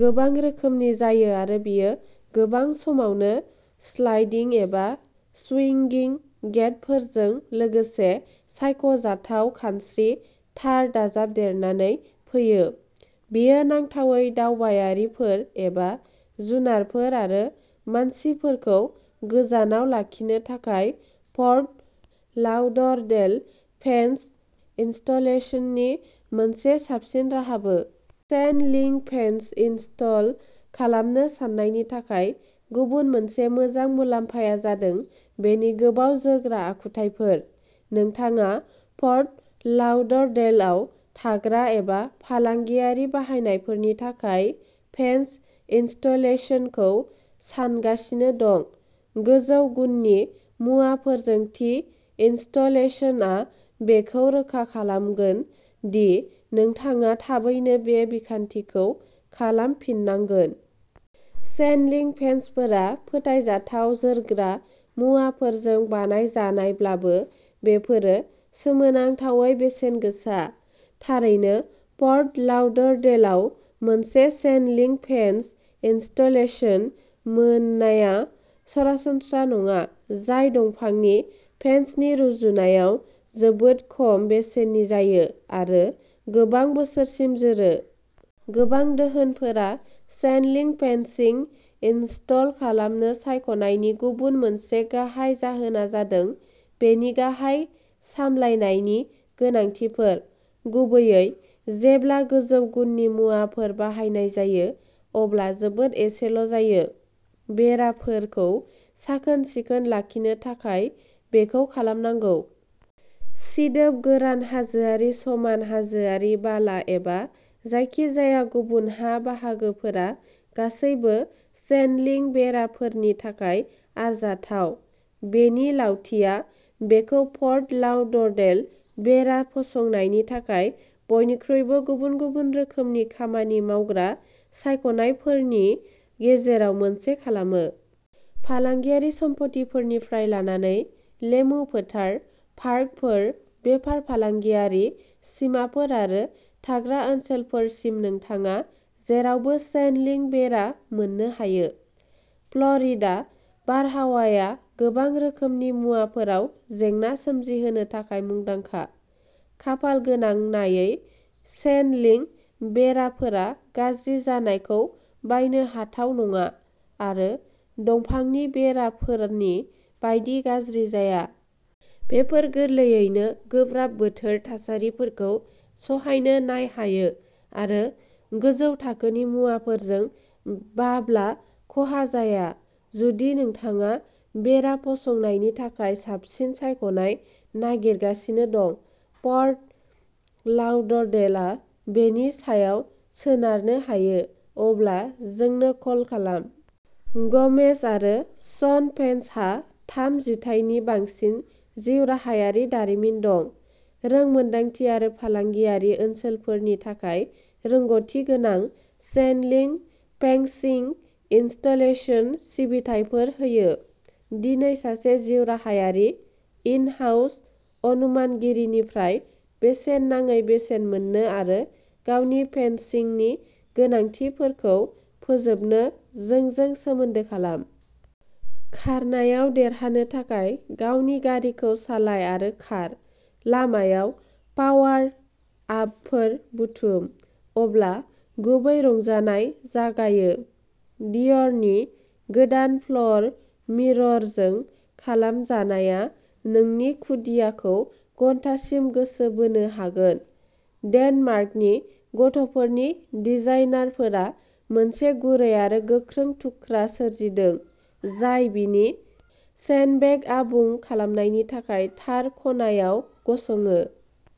गोबां रोखोमनि जायो आरो बियो गोबां समावनो स्लाइडिं एबा स्विंगिं गेटफोरजों लोगोसे सायख'जाथाव खानस्रि तार दाजाबदेरनानै फैयो। बेयो नांथावै दावबायारिफोर एबा जुनारफोर आरो मानसिफोरखौ गोजानाव लाखिनो थाखाय फर्ट लाउडरडेल फेन्स इनस्टलेशननि मोनसे साबसिन राहाबो। टेन लिंक फेन्स इनस्टल खालामनो साननायनि थाखाय गुबुन मोनसे मोजां मुलाम्फाया जादों बेनि गोबाव जोरग्रा आखुथायफोर। नोंथाङा फर्ट लाउडरडेलआव थाग्रा एबा फालांगियारि बाहायनायफोरनि थाखाय फेन्स इनस्टलेशनखौ सानगासिनो दं, गोजौ गुननि मुवाफोरजों थि इनस्टलेशनआ बेखौ रोखा खालामगोन दि नोंथाङा थाबैनो बे बिखान्थिखौ खालामफिननांगोन। चेन लिंक फेन्सफोरा फोथायजाथाव जोरग्रा मुवाफोरजों बानायजानायब्लाबो, बेफोरो सोमोनांथावै बेसेनगोसा। थारैनो, फर्ट लाउडरडेलआव मोनसे चेन लिंक फेन्स इनस्टलेशन मोननाया सरासनस्रा नङा, जाय दंफांनि फेन्सनि रुजुनायाव जोबोद खम बेसेननि जायो आरो गोबां बोसोरसिम जोरो। गोबां दोहोनफोरा चेन लिंक फेन्सिं इनस्टल खालामनो सायख'नायनि गुबुन मोनसे गाहाय जाहोना जादों बेनि गाहाय सामलायनायनि गोनांथिफोर। गुबैयै जेब्ला गोजौ गुननि मुवाफोर बाहायनाय जायो, अब्ला जोबोद एसेल' जायो। बेराफोरखौ साखोन-सिखोन लाखिनो थाखाय बेखौ खालामनांगौ। सिदोब, गोरान, हाजोआरि, समान, हाजोआरि, बाला एबा जायखिजाया गुबुन हा बाहागोफोरा गासैबो चेन लिंक बेराफोरनि थाखाय आरजाथाव। बेनि लावथिया बेखौ फर्ट लाउडरडेल बेरा फसंनायनि थाखाय बयनिख्रुइबो गुबुन-गुबुन रोखोमनि खामानि मावग्रा सायख'नायफोरनि गेजेराव मोनसे खालामो। फालांगियारि सम्पथिफोरनिफ्राय लानानै लेमु फोथार, पार्कफोर, बेफार-फालांगियारि सिमाफोर आरो थाग्रा ओनसोलफोरसिम, नोंथाङा जेरावबो चेन लिंक बेरा मोननो हायो। फ्लरिडा बारहावाया गोबां रोखोमनि मुवाफोराव जेंना सोमजिहोनो थाखाय मुंदांखा। खाफाल गोनांनायै, चेन लिंक बेराफोरा गाज्रि जानायखौ बायनो हाथाव नङा आरो दंफांनि बेराफोरनि बायदि गाज्रि जाया। बेफोर गोरलैयैनो गोब्राब बोथोर थासारिफोरखौ सहायनो नायहायो आरो गोजौ थाखोनि मुवाफोरजों बाब्ला ख'हा जाया। जुदि नोंथाङा बेरा फसंनायनि थाखाय साबसिन सायख'नाय नागिरगासिनो दं, फर्ट लाउडरडेलआ बेनि सायाव सोनारनो हायो, अब्ला जोंनो कल खालाम। ग'मेज आरो सन फेन्सहा थाम जिथायनि बांसिन जिउराहायारि दारिमिन दं। रोंमोन्दांथि आरो फालांगियारि ओनसोलफोरनि थाखाय रोंग'थिगोनां चेन लिंक फेंसिंग इनस्टलेशन सिबिथाइफोर होयो। दिनै सासे जिउराहायारि इन-हाउस अनुमानगिरिनिफ्राय बेसेन नाङै बेसेन मोन्नो आरो गावनि फेनसिंनि गोनांथिफोरखौ फोजोबनो जोंजों सोमोन्दो खालाम। खारनायाव देरहानो थाखाय गावनि गारिखौ सालाय आरो खार। लामायाव पावार आपफोर बुथुम। अब्ला गुबै रंजानाय जागायो। डियरनि गोदान फ्ल'र मिररजों खालामजानाया नोंनि खुदियाखौ घन्टासिम गोसो बोनो हागोन। डेनमार्कनि गथ'फोरनि डिजाइनार फोरा मोनसे गुरै आरो गोख्रों थुख्रा सोरजिदों जाय बिनि सेन्डबेग आबुं खालामनायनि थाखाय थार खनायाव गसङो।